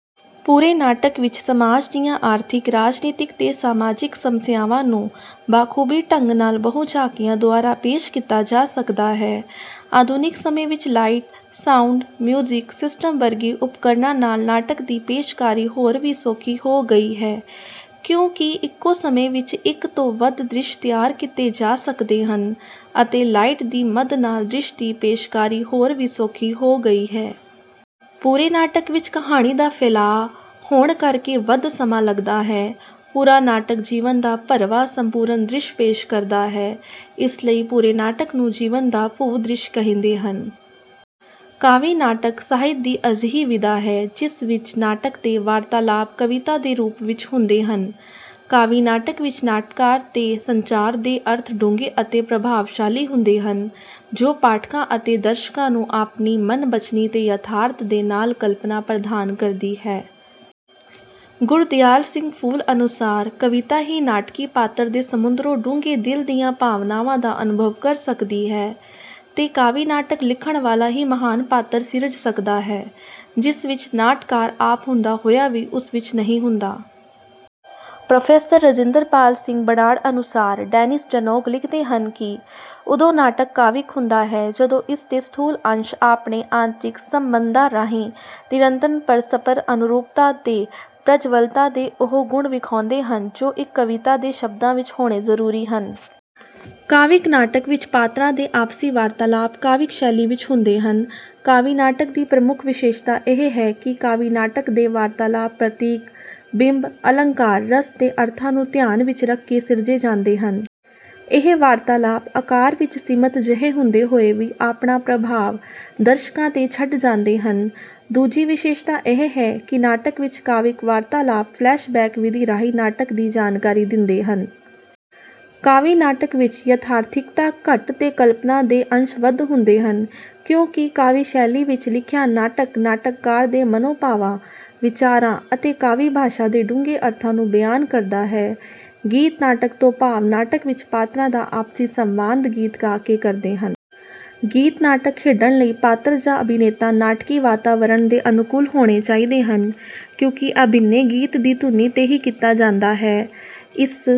ਪੂਰੇ ਨਾਟਕ ਵਿੱਚ ਸਮਾਜ ਦੀਆਂ ਆਰਥਿਕ, ਰਾਜਨੀਤਿਕ ਤੇ ਸਮਾਜਿਕ ਸਮੱਸਿਆਵਾਂ ਨੂੰ ਬਾਖੂਬੀ ਢੰਗ ਨਾਲ ਬਹੁ ਝਾਕੀਆਂ ਦੁਆਰਾ ਪੇਸ਼ ਕੀਤਾ ਜਾ ਸਕਦਾ ਹੈ। ਆਧੁਨਿਕ ਸਮੇਂ ਵਿੱਚ ਲਾਈਟ, ਸਾਊਂਡ, ਮਿਊਜਿਕ ਸਿਸਟਮ ਵਰਗੇ ਉਪਕਰਨਾਂ ਨਾਲ ਨਾਟਕ ਦੀ ਪੇਸ਼ਕਾਰੀ ਹੋਰ ਵੀ ਸੌਖੀ ਹੋ ਗਈ ਹੈ ਕਿਉਂਕਿ ਇੱਕੋ ਸਮੇਂ ਵਿੱਚ ਇੱਕ ਤੋਂ ਵੱਧ ਦ੍ਰਿਸ਼ ਤਿਆਰ ਕੀਤੇ ਜਾ ਸਕਦੇ ਹਨ, ਅਤੇ ਲਾਈਟ ਦੀ ਮਦ ਨਾਲ ਦ੍ਰਿਸ਼ ਦੀ ਪੇਸ਼ਕਾਰੀ ਹੋਰ ਵੀ ਸੌਖੀ ਹੋ ਗਈ ਹੈ। ਪੂਰੇ ਨਾਟਕ ਵਿੱਚ ਕਹਾਣੀ ਦਾ ਫੈਲਾਅ ਹੋਣ ਕਰਕੇ ਵੱਧ ਸਮਾਂ ਲਗਦਾ ਹੈ। ਪੂਰਾ ਨਾਟਕ ਜੀਵਨ ਦਾ ਭਰਵਾਂ ਸੰਪੂਰਨ ਦ੍ਰਿਸ਼ ਪੇਸ਼ ਕਰਦਾ ਹੈ। ਇਸ ਲਈ ਪੂਰੇ ਨਾਟਕ ਨੂੰ ਜੀਵਨ ਦਾ ਭੂ ਦ੍ਰਿਸ਼ ਕਹਿੰਦੇ ਹਨ। ਕਾਵਿ ਨਾਟਕ ਸਾਹਿਤ ਦੀ ਅਜਿਹੀ ਵਿਧਾ ਹੈ, ਜਿਸ ਵਿੱਚ ਨਾਟਕ ਦੇ ਵਾਰਤਾਲਾਪ ਕਵਿਤਾ ਦੇ ਰੂਪ ਵਿੱਚ ਹੁੰਦੇ ਹਨ। ਕਾਵਿ ਨਾਟਕ ਵਿੱਚ ਨਾਟਕਾਰ ਦੇ ਸੰਚਾਰ ਦੇ ਅਰਥ ਡੂੰਘੇ ਅਤੇ ਪ੍ਰਭਾਵਸ਼ਾਲੀ ਹੁੰਦੇ ਹਨ, ਜੋ ਪਾਠਕਾਂ ਅਤੇ ਦਰਸ਼ਕਾਂ ਨੂੰ ਆਪਣੀ ਮਨ ਬਚਨੀ ਤੇ ਯਥਾਰਥ ਦੇ ਨਾਲ ਕਲਪਨਾ ਪ੍ਰਦਾਨ ਕਰਦੀ ਹੈ। ਗੁਰਦਿਆਲ ਸਿੰਘ ਫੁੱਲ ਅਨੁਸਾਰ, ਕਵਿਤਾ ਹੀ ਨਾਟਕੀ ਪਾਤਰ ਦੇ ਸਮੁੰਦਰੋਂ ਡੂੰਘੇ ਦਿਲ ਦੀਆਂ ਭਾਵਨਾਵਾਂ ਦਾ ਅਨੁਭਵ ਕਰ ਸਕਦੀ ਹੈ, ਤੇ ਕਾਵਿ ਨਾਟਕ ਲਿਖਣ ਵਾਲਾ ਹੀ ਮਹਾਨ ਪਾਤਰ ਸਿਰਜ ਸਕਦਾ ਹੈ, ਜਿਸ ਵਿੱਚ ਨਾਟਕਾਰ ਆਪ ਹੁੰਦਾ ਹੋਇਆ ਵੀ ਉਸ ਵਿੱਚ ਨਹੀਂ ਹੁੰਦਾ। ਪ੍ਰੋ ਰਜਿੰਦਰ ਪਾਲ ਸਿੰਘ ਬਰਾੜ ਅਨੁਸਾਰ, ਡੈਨਿਸ ਡਨੌਗ ਲਿਖਦੇ ਹਨ ਕਿ, ਉਦੋਂ ਨਾਟਕ ਕਾਵਿਕ ਹੁੰਦਾ ਹੈ, ਜਦੋਂ ਇਸ ਦੇ ਸਥੂਲ ਅੰਸ਼ ਆਪਣੇ ਆਂਤ੍ਰਿਕ ਸੰਬੰਧਾਂ ਰਾਹੀਂ ਨਿਰੰਤਰ ਪਰਸਪਰ ਅਨੁਰੂਪਤਾ ਤੇ ਪ੍ਰਜਵਲਤਾ ਦੇ ਉਹ ਗੁਣ ਵਿਖਾਉਂਦੇ ਹਨ, ਜੋ ਇੱਕ ਕਵਿਤਾ ਦੇ ਸ਼ਬਦਾਂ ਵਿੱਚ ਹੋਣੇ ਜ਼ਰੂਰੀ ਹਨ। ਕਾਵਿਕ ਨਾਟਕ ਵਿੱਚ ਪਾਤਰਾਂ ਦੇ ਆਪਸੀ ਵਾਰਤਾਲਾਪ ਕਾਵਿਕ ਸ਼ੈਲੀ ਵਿੱਚ ਹੁੰਦੇ ਹਨ। ਕਾਵਿ ਨਾਟਕ ਦੀ ਪ੍ਰਮੁੱਖ ਵਿਸ਼ੇਸ਼ਤਾ ਇਹ ਹੈ, ਕਿ ਕਾਵਿ ਨਾਟਕ ਦੇ ਵਾਰਤਾਲਾਪ ਪ੍ਰਤੀਕ, ਬਿੰਬ, ਅਲੰਕਾਰ, ਰਸ ਤੇ ਅਰਥਾਂ ਨੂੰ ਧਿਆਨ ਵਿੱਚ ਰੱਖ ਕੇ ਸਿਰਜੇ ਜਾਂਦੇ ਹਨ। ਇਹ ਵਾਰਤਾਲਾਪ ਆਕਾਰ ਵਿੱਚ ਸੀਮਤ ਜਿਹੇ ਹੁੰਦੇ ਹੋਏ ਵੀ ਆਪਣਾ ਪ੍ਰਭਾਵ ਦਰਸ਼ਕਾਂ ਤੇ ਛੱਡ ਜਾਂਦੇ ਹਨ। ਦੂਜੀ ਵਿਸ਼ੇਸ਼ਤਾ ਇਹ ਹੈ, ਕਿ ਨਾਟਕ ਵਿੱਚ ਕਾਵਿਕ ਵਾਰਤਾਲਾਪ ਫਲੈਸ਼ ਬੈਕ ਵਿਧੀ ਰਾਹੀਂ ਨਾਟਕ ਦੀ ਜਾਣਕਾਰੀ ਦਿੰਦੇ ਹਨ। ਕਾਵਿ ਨਾਟਕ ਵਿੱਚ ਯਥਾਰਥਿਕਤਾ ਘੱਟ ਤੇ ਕਲਪਨਾ ਦੇ ਅੰਸ਼ ਵੱਧ ਹੁੰਦੇ ਹਨ, ਕਿਉਂਕਿ ਕਾਵਿ ਸ਼ੈਲੀ ਵਿੱਚ ਲਿਖਿਆ ਨਾਟਕ ਨਾਟਕਕਾਰ ਦੇ ਮਨੋਭਾਵਾਂ, ਵਿਚਾਰਾਂ ਅਤੇ ਕਾਵਿ ਭਾਸ਼ਾ ਦੇ ਡੂੰਘੇ ਅਰਥਾਂ ਨੂੰ ਬਿਆਨ ਕਰਦਾ ਹੈ। ਗੀਤ ਨਾਟਕ ਤੋਂ ਭਾਵ ਨਾਟਕ ਵਿੱਚ ਪਾਤਰਾਂ ਦਾ ਆਪਸੀ ਸੰਵਾਦ ਗੀਤ ਗਾ ਕੇ ਕਰਦੇ ਹਨ। ਗੀਤ ਨਾਟਕ ਖੇਡਣ ਲਈ ਪਾਤਰ ਜਾਂ ਅਭਿਨੇਤਾ ਨਾਟਕੀ ਵਾਤਾਵਰਣ ਦੇ ਅਨੁਕੂਲ ਹੋਣੇ ਚਾਹੀਦੇ ਹਨ, ਕਿਉਂਕਿ ਅਭਿਨੈ ਗੀਤ ਦੀ ਧੁਨੀ ਤੇ ਹੀ ਕੀਤਾ ਜਾਂਦਾ ਹੈ। ਇਸ